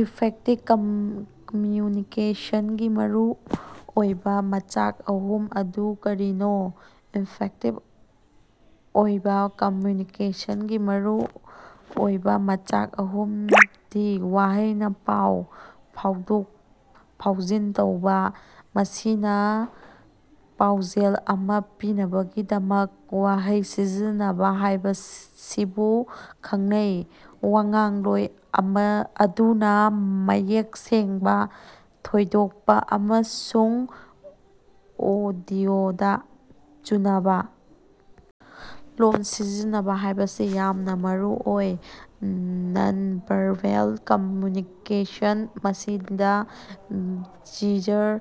Effective ꯀꯝꯌꯨꯅꯤꯀꯦꯁꯟꯒꯤ ꯃꯔꯨꯑꯣꯏꯕ ꯃꯆꯥꯛ ꯑꯍꯨꯝ ꯑꯗꯨ ꯀꯔꯤꯅꯣ? ꯏꯐꯦꯛꯇꯤꯚ ꯑꯣꯏꯕ ꯀꯝꯌꯨꯅꯤꯀꯦꯁꯟꯒꯤ ꯃꯔꯨꯑꯣꯏꯕ ꯃꯆꯥꯛ ꯑꯍꯨꯝꯗꯤ ꯋꯥꯍꯩꯅꯥ ꯄꯥꯎ ꯐꯥꯎꯗꯣꯛ-ꯐꯥꯎꯖꯤꯟ ꯇꯧꯕ ꯃꯁꯤꯅꯥ ꯄꯥꯎꯖꯦꯜ ꯑꯃꯥ ꯄꯤꯅꯕꯒꯤꯗꯃꯛ ꯋꯥꯍꯩ ꯁꯤꯖꯤꯟꯅꯕꯥ ꯍꯥꯏꯕꯁꯤꯕꯨ ꯈꯪꯅꯩ꯫ ꯋꯥꯉꯥꯡꯂꯣꯏ ꯑꯗꯨꯅꯥ ꯃꯌꯦꯛ ꯁꯦꯡꯕꯥ, ꯊꯣꯏꯗꯣꯛꯄꯥ ꯑꯃꯁꯨꯡ ꯑꯣꯗꯤꯑꯣꯗꯥ ꯆꯨꯅꯕꯥ ꯂꯣꯜ ꯁꯤꯖꯤꯟꯅꯕꯥ ꯍꯥꯏꯕꯁꯤ ꯌꯥꯝꯅꯥ ꯃꯔꯨꯑꯣꯏ꯫ ꯅꯟ-ꯚꯥꯔꯕꯦꯜ ꯀꯝꯌꯨꯅꯤꯀꯦꯁꯟ ꯃꯁꯤꯗꯥ ꯖꯤꯖꯔ,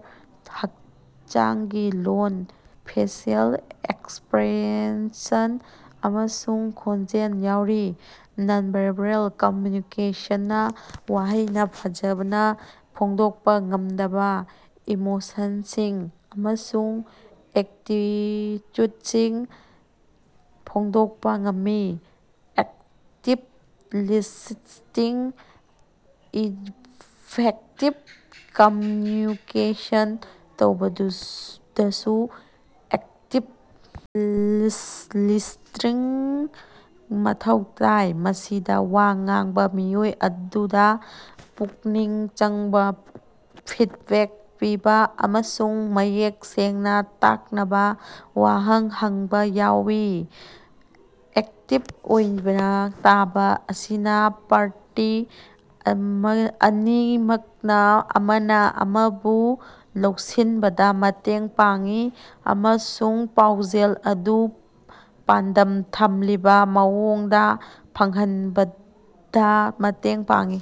ꯍꯛꯆꯥꯡꯒꯤ ꯂꯣꯜ, ꯐꯦꯁꯤꯑꯦꯜ ꯑꯦꯛꯁꯞꯔꯦꯁꯟ, ꯑꯃꯁꯨꯡ ꯈꯣꯟꯖꯦꯜ ꯌꯥꯎꯔꯤ꯫ ꯅꯟ-ꯚꯥꯔꯕꯦꯜ ꯀꯝꯌꯨꯅꯤꯀꯦꯁꯟꯅꯥ ꯋꯥꯍꯩꯅꯥ ꯐꯖꯅꯥ ꯐꯣꯡꯗꯣꯛꯄꯥ ꯉꯝꯗꯕꯥ ꯏꯃꯣꯁꯟꯁꯤꯡ ꯑꯃꯁꯨꯡ ꯑꯦꯇꯤꯆꯨꯗꯁꯤꯡ ꯐꯣꯡꯗꯣꯛꯄꯥ ꯉꯝꯃꯤ꯫ ꯑꯦꯛꯇꯤꯚ ꯂꯤꯁ꯭ꯇꯤꯡ ꯏꯐꯦꯛꯇꯤꯚ ꯀꯝꯌꯨꯅꯤꯀꯦꯁꯟ ꯇꯧꯕꯗꯁꯨ ꯑꯦꯛꯇꯤꯚ ꯂꯤꯁ꯭ꯇꯤꯡ ꯃꯊꯧ ꯇꯥꯏ꯫ ꯃꯁꯤꯗꯥ ꯋꯥ ꯉꯥꯡꯕꯥ ꯃꯤꯑꯣꯏ ꯑꯗꯨꯗꯥ ꯄꯨꯛꯅꯤꯡ ꯆꯪꯕꯥ, ꯐꯤꯗꯕꯦꯛ ꯄꯤꯕꯥ ꯑꯃꯁꯨꯡ ꯃꯌꯦꯛ ꯁꯦꯡꯅꯥ ꯇꯥꯛꯅꯕꯥ ꯋꯥꯍꯪ ꯍꯪꯕꯥ ꯌꯥꯎꯏ꯫ ꯑꯦꯛꯇꯤꯚ ꯑꯣꯏꯅ ꯇꯥꯕꯥ ꯑꯁꯤꯅꯥ ꯄꯥꯔꯇꯤ ꯑꯅꯤꯃꯛꯅꯥ ꯑꯃꯅꯥ ꯑꯃꯕꯨ ꯂꯧꯁꯤꯟꯕꯗꯥ ꯃꯇꯦꯡ ꯄꯥꯡꯏ ꯑꯃꯁꯨꯡ ꯄꯥꯎꯖꯦꯜ ꯑꯗꯨ ꯄꯥꯟꯗꯝ ꯊꯝꯂꯤꯕꯥ ꯃꯑꯣꯡꯗꯥ ꯐꯪꯍꯟꯕꯗꯥ ꯃꯇꯦꯡ ꯄꯥꯡꯏ꯫